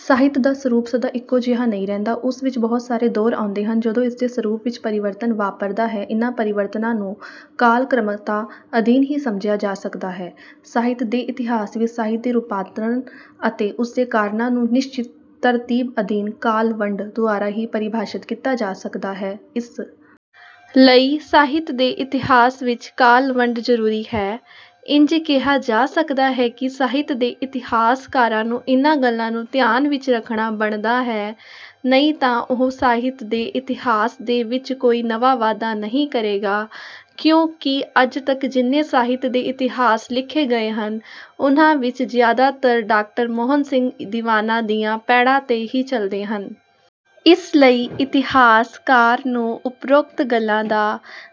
ਸਾਹਿਤ ਦਾ ਸਰੂਪ ਸਦਾ ਇਕੋ ਜਿਹਾ ਨਹੀਂ ਰਹਿੰਦਾ। ਉਸ ਵਿਚ ਬਹੁਤ ਸਾਰੇ ਦੌਰ ਆਉਂਦੇ ਹਨ ਜਦੋ ਇਸਦੇ ਸਰੂਪ ਵਿਚ ਪਰਿਵਰਤਨ ਵਾਪਰਦਾ ਹੈ ਇਨਾਂ ਪਰਿਵਰਤਨਾਂ ਨੂੰ ਕਾਲਕ੍ਰਮਤਾ ਅਧੀਨ ਹੀ ਸਮਝਿਆ ਜਾ ਸਕਦਾ ਹੈ। ਸਾਹਿਤ ਦੇ ਇਤਿਹਾਸ ਵਿਚ ਸਾਹਿਤ ਦੇ ਰੂਪਾਂਤਰਣ ਅਤੇ ਉਸਦੇ ਕਾਰਨਾਂ ਨੂੰ ਨਿਸ਼ਚਿਤ ਤਰਤੀਬ ਅਧੀਨ ਕਾਲ-ਵੰਡ ਦੁਆਰਾ ਹੀ ਪਰਿਭਾਸ਼ਤ ਕੀਤਾ ਜਾ ਸਕਦਾ ਹੈ। ਇਸ ਲਈ ਸਾਹਿਤ ਦੇ ਇਤਿਹਾਸ ਵਿਚ ਕਾਲ-ਵੰਡ ਜਰੂਰੀ ਹੈ। ਇੰਝ ਕਿਹਾ ਜਾ ਸਕਦਾ ਹੈ ਕਿ ਸਾਹਿਤ ਦੇ ਇਤਿਹਾਸਕਾਰਾਂ ਨੂੰ ਇਨ੍ਹਾਂ ਗੱਲਾਂ ਨੂੰ ਧਿਆਨ ਵਿਚ ਰੱਖਣਾ ਬਣਦਾ ਹੈ ਨਹੀਂ ਤਾਂ ਉਹ ਸਾਹਿਤ ਦੇ ਇਤਿਹਾਸ ਦੇ ਵਿਚ ਕੋਈ ਨਵਾਂ ਵਾਧਾ ਨਹੀਂ ਕਰੇਗਾ ਕਿਉਂ ਕਿ ਅੱਜ ਤੱਕ ਜਿੰਨੇ ਸਾਹਿਤ ਦੇ ਇਤਿਹਾਸ ਲਿਖੇ ਗਏ ਹਨ ਉਨ੍ਹਾਂ ਵਿਚ ਜਿਆਦਾਤਰ ਡਾਕਟਰ ਮੋਹਨ ਸਿੰਘ ਦੀਵਾਨਾ ਦੀਆਂ ਪੈੜਾ ਤੇ ਹੀ ਚੱਲਦੇ ਹਨ। ਇਸ ਲਈ ਇਤਿਹਾਸਕਾਰ ਨੂੰ ਉਪਰੋਕਤ ਗੱਲਾਂ ਦਾ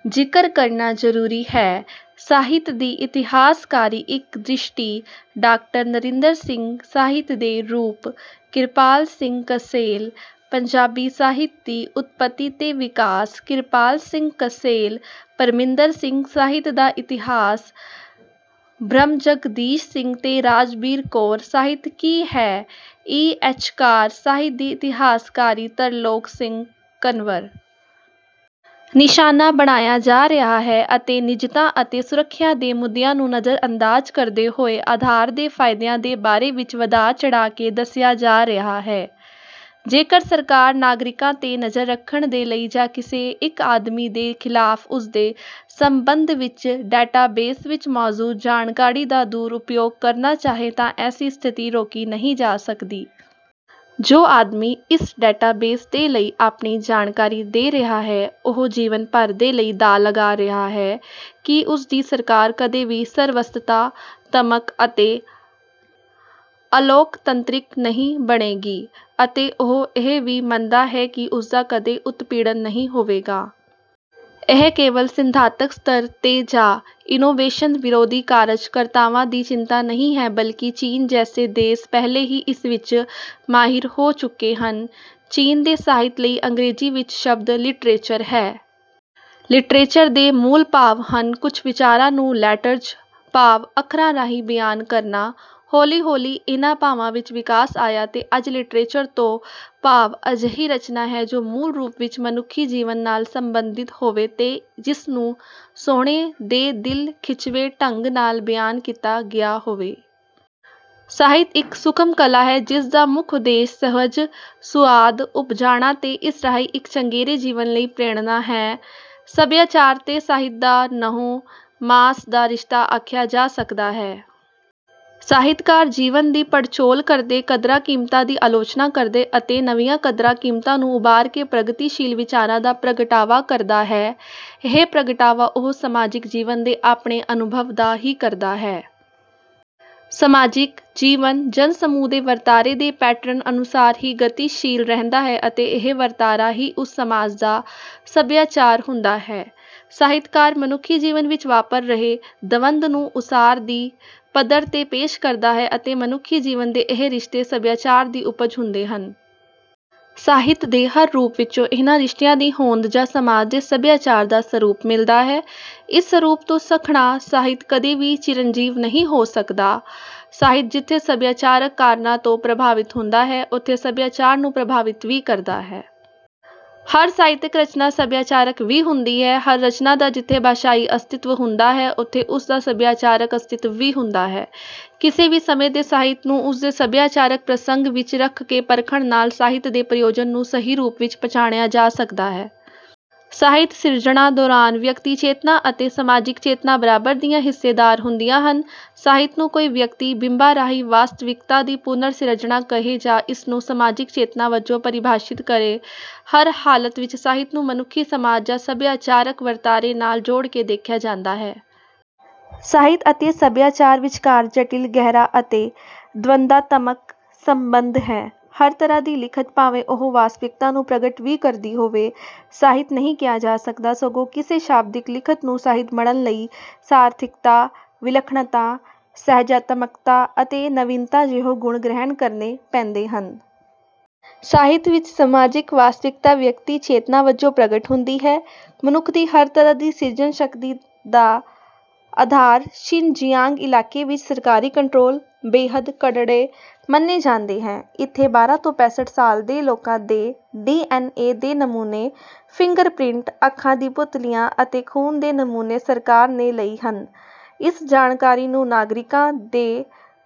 ਜਿਕਰ ਕਰਨਾਂ ਜ਼ਰੂਰੀ ਹੈ। ਸਾਹਿਤ ਦੀ ਇਤਿਹਾਸਕਾਰੀ: ਇਕ ਦ੍ਰਿਸ਼ਟੀ- ਡਾਕਟਰ ਨਰਿੰਦਰ ਸਿੰਘ, ਸਾਹਿਤ ਦੇ ਰੂਪ- ਕਿਰਪਾਲ ਸਿੰਘ ਕਸੇਲ, ਪੰਜਾਬੀ ਸਾਹਿਤ ਦੀ ਉਤਪੱਤੀ ਤੇ ਵਿਕਾਸ- ਕਿਰਪਾਲ ਸਿੰਘ ਕਸੇਲ, ਪਰਮਿੰਦਰ ਸਿੰਘ, ਸਾਹਿਤ ਦਾ ਇਤਿਹਾਸ- ਬ੍ਰਹਮਜਗਦੀਸ਼ ਸਿੰਘ ਤੇ ਰਾਜਬੀਰ ਕੌਰ, ਸਾਹਿਤ ਕੀ ਹੈ- ਈ ਐਚ ਕਾਰ, ਸਾਹਿਤ ਦੀ ਇਤਿਹਾਸਕਾਰੀ- ਤਰਲੋਕ ਸਿੰਘ ਕੰਵਰ। ਨਿਸ਼ਾਨਾ ਬਣਾਇਆ ਜਾ ਰਿਹਾ ਹੈ ਅਤੇ ਨਿਜਤਾ ਅਤੇ ਸੁਰੱਖਿਆ ਦੇ ਮੁੱਦਿਆਂ ਨੂੰ ਨਜ਼ਰਅੰਦਾਜ਼ ਕਰਦੇ ਹੋਏ ਆਧਾਰ ਦੇ ਫਾਇਦਿਆਂ ਦੇ ਬਾਰੇ ਵਿੱਚ ਵਧਾ-ਚੜ੍ਹਾ ਕੇ ਦੱਸਿਆ ਜਾ ਰਿਹਾ ਹੈ। ਜੇਕਰ ਸਰਕਾਰ ਨਾਗਰਿਕਾਂ ਤੇ ਨਜ਼ਰ ਰੱਖਣ ਦੇ ਲਈ ਜਾਂ ਕਿਸੇ ਇੱਕ ਆਦਮੀ ਦੇ ਖ਼ਿਲਾਫ਼ ਉਸਦੇ ਸੰਬੰਧ ਵਿੱਚ ਡੈਟਾਬੇਸ ਵਿੱਚ ਮੌਜੂਦ ਜਾਣਕਾਰੀ ਦਾ ਦੁਰ ਉਪਯੋਗ ਕਰਨਾ ਚਾਹੇ ਤਾਂ ਐਸੀ ਸਥਿਤੀ ਰੋਕੀ ਨਹੀਂ ਜਾ ਸਕਦੀ। ਜੋ ਆਦਮੀ ਇਸ ਡੈਟਾਬੇਸ ਦੇ ਲਈ ਆਪਣੀ ਜਾਣਕਾਰੀ ਦੇ ਰਿਹਾ ਹੈ ਉਹ ਜੀਵਨ ਭਰ ਦੇ ਲਈ ਦਾਅ ਲਗਾ ਰਿਹਾ ਹੈ ਕਿ ਉਸਦੀ ਸਰਕਾਰ ਕਦੇ ਵੀ ਸਰਵਸਤਤਾਤਮਕ ਅਤੇ ਅਲੋਕਤੰਤਰਿਕ ਨਹੀ ਬਣੇਗੀ। ਅਤੇ ਉਹ ਇਹ ਵੀ ਮੰਨਦਾ ਹੈ ਕਿ ਉਸਦਾ ਕਦੇ ਉਤਪੀੜਨ ਨਹੀ ਹੋਵੇਗਾ। ਇਹ ਕੇਵਲ ਸਿਧਾਂਤਕ ਸਤਰ ਤੇ ਜਾਂ ਇਨੋਵੇਸ਼ਨ-ਵਿਰੋਧੀ ਕਾਰਜ ਕਰਤਾਵਾਂ ਦੀ ਚਿੰਤਾ ਨਹੀਂ ਹੈ ਬਲਕਿ ਚੀਨ ਜੈਸੇ ਦੇਸ ਪਹਿਲੇ ਹੀ ਇਸ ਵਿੱਚ ਮਾਹਿਰ ਹੋ ਚੁੱਕੇ ਹਨ। ਚੀਨ ਦੇ ਸਾਹਿਤ ਲਈ ਅੰਗਰੇਜ਼ੀ ਵਿੱਚ ਸ਼ਬਦ ਲਿਟਰੇਚਰ ਹੈ। ਲਿਟਰੇਚਰ ਦੇ ਮੂਲ ਭਾਵ ਹਨ ਕੁਝ ਵਿਚਾਰਾਂ ਨੂੰ ਲੈਟਰਜ਼ ਭਾਵ ਅੱਖਰਾਂ ਰਾਹੀਂ ਬਿਆਨ ਕਰਨਾ। ਹੌਲੀ-ਹੌਲੀ ਇਨ੍ਹਾਂ ਭਾਵਾਂ ਵਿੱਚ ਵਿਕਾਸ ਆਇਆ ਤੇ ਅੱਜ ਲਿਟਰੇਚਰ ਤੋਂ ਭਾਵ ਅਜਿਹੀ ਰਚਨਾ ਹੈ ਜੋ ਮੂਲ ਰੂਪ ਵਿੱਚ ਮਨੁੱਖੀ ਜੀਵਨ ਨਾਲ ਸੰਬੰਧਿਤ ਹੋਵੇ ਤੇ ਜਿਸਨੂੰ ਸੋਹਣੇ ਦੇ ਦਿਲ ਖਿੱਚਵੇਂ ਢੰਗ ਨਾਲ ਬਿਆਨ ਕੀਤਾ ਗਿਆ ਹੋਵੇ। ਸਾਹਿਤ ਇੱਕ ਸੂਖ਼ਮ ਕਲਾ ਹੈ ਜਿਸ ਦਾ ਮੁੱਖ ਉਦੇਸ਼ ਸੁਹਜ ਸੁਆਦ ਉਪਜਾਣਾ ਤੇ ਇਸ ਰਾਹੀਂ ਇਕ ਚੰਗੇਰੇ ਜੀਵਨ ਲਈ ਪ੍ਰੇਰਣਾ ਹੈ। ਸਭਿਆਚਾਰ ਤੇ ਸਾਹਿਤ ਦਾ ਨਹੁੰ ਮਾਸ ਦਾ ਰਿਸ਼ਤਾ ਆਖਿਆ ਜਾ ਸਕਦਾ ਹੈ। ਸਾਹਿਤਕਾਰ ਜੀਵਨ ਦੀ ਪੜਚੋਲ ਕਰਕੇ ਕਦਰਾਂ-ਕੀਮਤਾਂ ਦੀ ਆਲੋਚਨਾ ਕਰਦਾ ਅਤੇ ਨਵੀਆਂ ਕਦਰਾਂ-ਕੀਮਤਾਂ ਨੂੰ ਉਭਾਰ ਕੇ ਪ੍ਰਗਤੀਸ਼ੀਲ ਵਿਚਾਰਾਂ ਦਾ ਪ੍ਰਗਟਾਵਾ ਕਰਦਾ ਹੈ। ਇਹ ਪ੍ਰਗਟਾਵਾ ਉਹ ਸਮਾਜਿਕ ਜੀਵਨ ਦੇ ਆਪਣੇ ਅਨੁਭਵ ਦਾ ਹੀ ਕਰਦਾ ਹੈ। ਸਮਾਜਿਕ, ਜੀਵਨ, ਜਨ ਸਮੂਹ ਦੇ ਵਰਤਾਰੇ ਦੇ ਪੈਟਰਨ ਅਨੁਸਾਰ ਹੀ ਗਤੀਸ਼ੀਲ ਰਹਿੰਦਾ ਹੈ ਅਤੇ ਇਹ ਵਰਤਾਰਾ ਹੀ ਉਸ ਸਮਾਜ ਦਾ ਸਭਿਆਚਾਰ ਹੁੰਦਾ ਹੈ। ਸਾਹਿਤਕਾਰ ਮਨੁੱਖੀ ਜੀਵਨ ਵਿੱਚ ਵਾਪਰ ਰਹੇ ਦਵੰਧ ਨੂੰ ਉਸਾਰ ਦੀ ਪੱਧਰ ਤੇ ਪੇਸ਼ ਕਰਦਾ ਹੈ ਅਤੇ ਮਨੁੱਖੀ ਜੀਵਨ ਦੇ ਇਹ ਰਿਸ਼ਤੇ ਸਭਿਆਚਾਰ ਦੀ ਉਪਜ ਹੁੰਦੇ ਹਨ। ਸਾਹਿਤ ਦੇ ਹਰ ਰੂਪ ਵਿਚੋਂ ਇਹਨਾਂ ਰਿਸ਼ਤਿਆਂ ਦੀ ਹੋਂਦ ਜਾਂ ਸਮਾਜ ਦੇ ਸਭਿਆਚਾਰ ਦਾ ਸਰੂਪ ਮਿਲਦਾ ਹੈ। ਇਸ ਸਰੂਪ ਤੋਂ ਸੱਖਣਾ ਸਾਹਿਤ ਕਦੇ ਵੀ ਚਿਰੰਜੀਵ ਨਹੀਂ ਹੋ ਸਕਦਾ। ਸਾਹਿਤ ਜਿਥੇ ਸਭਿਆਚਾਰਕ ਕਾਰਨਾਂ ਤੋਂ ਪ੍ਰਭਾਵਿਤ ਹੁੰਦਾ ਹੈ, ਉਥੇ ਸਭਿਆਚਾਰ ਨੂੰ ਪ੍ਰਭਾਵਿਤ ਵੀ ਕਰਦਾ ਹੈ। ਹਰ ਸਾਹਿਤਕ ਰਚਨਾ ਸਭਿਆਚਾਰਕ ਵੀ ਹੁੰਦੀ ਹੈ। ਹਰ ਰਚਨਾ ਦਾ ਜਿਥੇ ਭਾਸ਼ਾਈ ਅਸਤਿੱਤਵ ਹੁੰਦਾ ਹੈ, ਉਥੇ ਉਸ ਦਾ ਸਭਿਆਚਾਰਕ ਅਸਤਿੱਤਵ ਵੀ ਹੁੰਦਾ ਹੈ। ਕਿਸੇ ਵੀ ਸਮੇਂ ਦੇ ਸਾਹਿਤ ਨੂੰ ਉਸ ਦੇ ਸਭਿਆਚਾਰਕ ਪ੍ਰਸੰਗ ਵਿੱਚ ਰੱਖ ਕੇ ਪਰਖਣ ਨਾਲ ਸਾਹਿਤ ਦੇ ਪ੍ਰਯੋਜਨ ਨੂੰ ਸਹੀ ਰੂਪ ਵਿੱਚ ਪਛਾਣਿਆ ਜਾ ਸਕਦਾ ਹੈ। ਸਾਹਿਤ ਸਿਰਜਣਾ ਦੌਰਾਨ ਵਿਅਕਤੀ ਚੇਤਨਾ ਅਤੇ ਸਮਾਜਿਕ ਚੇਤਨਾ ਬਰਾਬਰ ਦੀਆਂ ਹਿੱਸੇਦਾਰ ਹੁੰਦੀਆਂ ਹਨ। ਸਾਹਿਤ ਨੂੰ ਕੋਈ ਵਿਅਕਤੀ ਬਿੰਬਾਂ ਰਾਹੀਂ ਵਾਸਤਵਿਕਤਾ ਦੀ ਪੁਨਰ ਸਿਰਜਣਾ ਕਹੇ ਜਾਂ ਇਸਨੂੰ ਸਮਾਜਿਕ ਚੇਤਨਾ ਵਜੋਂ ਪਰਿਭਾਸ਼ਿਤ ਕਰੇ ਹਰ ਹਾਲਤ ਵਿੱਚ ਸਾਹਿਤ ਨੂੰ ਮਨੁੱਖੀ ਸਮਾਜ ਜਾਂ ਸਭਿਆਚਾਰਕ ਵਰਤਾਰੇ ਨਾਲ ਜੋੜ ਕੇ ਦੇਖਿਆ ਜਾਂਦਾ ਹੈ। ਸਾਹਿਤ ਅਤੇ ਸਭਿਆਚਰ ਵਿਚਕਾਰ ਜਟਿਲ, ਗਹਿਰਾ ਅਤੇ ਦਵੰਦਾਤਮਕ ਸੰਬੰਧ ਹੈ। ਹਰ ਤਰ੍ਹਾਂ ਦੀ ਲਿਖਤ ਭਾਵੇਂ ਉਹ ਵਾਸਤਵਿਕਤਾ ਨੂੰ ਪ੍ਰਗਟ ਵੀ ਕਰਦੀ ਹੋਵੇ, ਸਾਹਿਤ ਨਹੀਂ ਕਿਹਾ ਜਾ ਸਕਦਾ, ਸਗੋਂ ਕਿਸੇ ਸ਼ਾਬਦਿਕ ਲਿਖਤ ਨੂੰ ਸਾਹਿਤ ਬਨਣ ਲਈ ਸਾਰਥਿਕਤਾ, ਵਿੱਲਖਣਤਾ, ਸੁਹਜਾਤਮਕਤਾ ਅਤੇ ਨਵੀਨਤਾ ਜਿਹੇ ਗੁਣ ਗ੍ਰਹਿਣ ਕਰਨੇ ਪੈਂਦੇ ਹਨ। ਸਾਹਿਤ ਵਿੱਚ ਸਮਾਜਿਕ ਵਾਸਵਿਕਤਾ ਵਿਕਅਤੀ ਚੇਤਨਾ ਵਜੋਂ ਪ੍ਰਗਟ ਹੁੰਦੀ ਹੈ। ਮਨੁੱਖ ਦੀ ਹਰ ਤਰ੍ਹਾਂ ਦੀ ਸਿਰਜਨ ਸ਼ਕਤੀ ਦਾ ਆਧਾਰਸ਼ਿਨਜ਼ੀਆਂਗ ਇਲਾਕੇ ਵਿੱਚ ਸਰਕਾਰੀ ਕੰਟਰੋਲ ਬੇਹਦ ਕਰੜੇ ਮੰਨੇ ਜਾਂਦੇ ਹੈ। ਇੱਥੇ ਬਾਰਾਂ ਤੋਂ ਪੈਂਸਠ ਸਾਲ ਦੇ ਲੋਕਾਂ ਦੇ ਡੀਐਨਏ ਦੇ ਨਮੂਨੇ, ਫਿੰਗਰਪ੍ਰਿੰਟ, ਅੱਖਾਂ ਦੀ ਪੁਤਲੀਆਂ ਅਤੇ ਖ਼ੂਨ ਦੇ ਨਮੂਨੇ ਸਰਕਾਰ ਨੇ ਲਈ ਹਨ। ਇਸ ਜਾਣਕਾਰੀ ਨੂੰ ਨਾਗਰਿਕਾਂ ਦੇ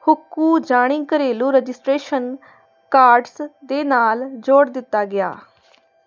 ਹੁਕੂ ਜਾਣੀ ਘਰੇਲੂ ਰਜਿਸਟ੍ਰੇਸ਼ਨ ਕਾਰਡਸ ਦੇ ਨਾਲ਼ ਜੋੜ ਦਿੱਤਾ ਗਿਆ।